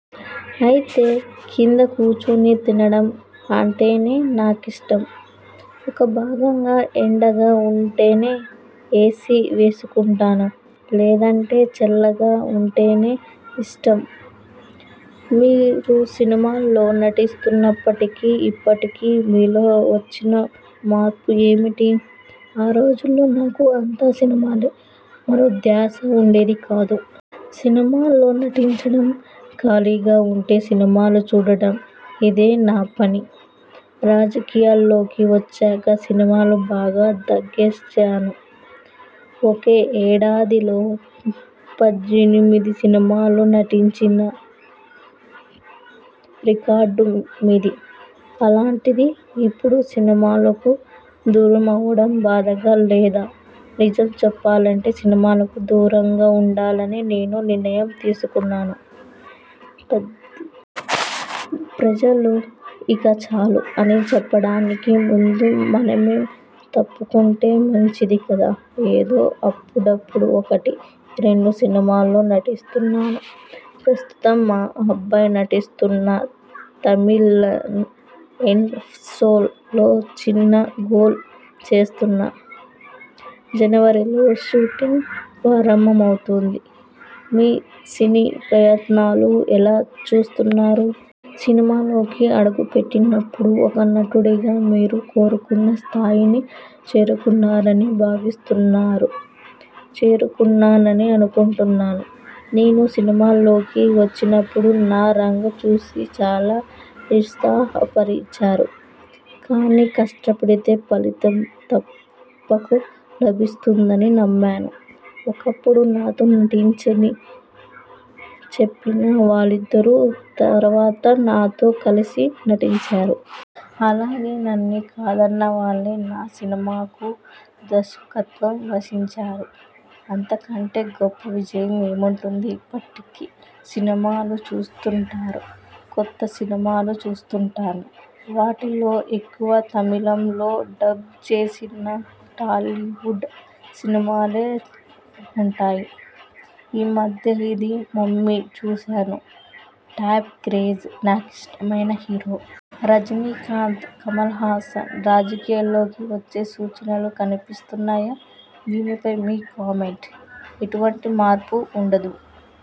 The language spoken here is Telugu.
అయితే కింద కూర్చుని తినడం అంటేనే నాకిష్టం. ఇక బాగా ఎండగా ఉంటేనే ఏసీ వేసుకుంటాను. లేదంటే చల్లగాలి అంటేనే ఇష్టం. మీరు సినిమాల్లో నటిస్తున్నప్పటికీ, ఇప్పటికీ మీలో వచ్చిన మార్పు ఏమిటి ఆ రోజుల్లో నాకు అంతా సినిమాలే. మరో ధ్యాసే ఉండేది కాదు. సినిమాల్లో నటించడం, ఖాళీగా ఉంటే సినిమాలు చూడడం ఇదే నా పని. రాజకీయాల్లోకి వచ్చాక సినిమాలు బాగా తగ్గించాను. ఒకే ఏడాదిలో పద్దెనిమిది సినిమాల్లో నటించిన రికార్డు మీది. అలాంటిది ఇప్పుడు సినిమాలకు దూరమవ్వడం బాధగా లేదా నిజం చెప్పాలంటే సినిమాలకు దూరంగా ఉండాలని నేనే నిర్ణయం తీసుకున్నాను. ప్రజలు ఇక చాలు అని చెప్పడానికి ముందే మనమే తప్పుకుంటే మంచిది కదా. ఏదో అప్పుడప్పుడూ ఒకటి, రెండు సినిమాల్లో నటిస్తున్నాను. ప్రస్తుతం మా అబ్బాయి నటిస్తున్న 'తమిళన్ ఎండ్ సొల్'లో చిన్న రోల్ చేస్తున్నా. జనవరిలో షూటింగ్ ప్రారంభమవుతుంది. మీ సినీ ప్రయత్నాలు ఎలా చూస్తున్నారు. సినిమాల్లోకి అడుగుపెట్టినప్పుడు ఒక నటుడిగా మీరు కోరుకున్న స్థాయిని చేరుకున్నారని భావిస్తున్నారూ చేరుకున్నాననే అనుకుంటున్నాను. నేను సినిమాల్లోకి వచ్చినప్పుడు నా రంగు చూసి చాలా నిరుత్సాహపరిచారు. కానీ, కష్టపడితే ఫలితం తప్పక లభిస్తుందని నమ్మాను. ఒకప్పుడు నాతో నటించని చెప్పిన వాళ్లిద్దరూ తరువాత నాతో కలిసి నటించారు. అలాగే నన్ను కాదన్నవాళ్లే నా సినిమాలకు దర్శకత్వం వహించారు. అంతకంటే గొప్ప విజయం ఏముంటుంది ఇప్పటి సినిమాలు చూస్తుంటారూ కొత్త సినిమాలు చూస్తుంటాను. వాటిలో ఎక్కువ తమిళంలో డబ్ చేసిన హాలీవుడ్ సినిమాలే ఉంటాయి. ఈ మధ్య 'ది మమ్మీ' చూశాను. టామ్ క్రూజ్ నాకిష్టమైన హీరో. రజనీకాంత్, కమల్హాసన్ రాజకీయాల్లోకి వచ్చే సూచనలు కన్పిస్తున్నాయి. దీనిపై మీ కామెంట్ఎటువంటి మార్పూ ఉండదు.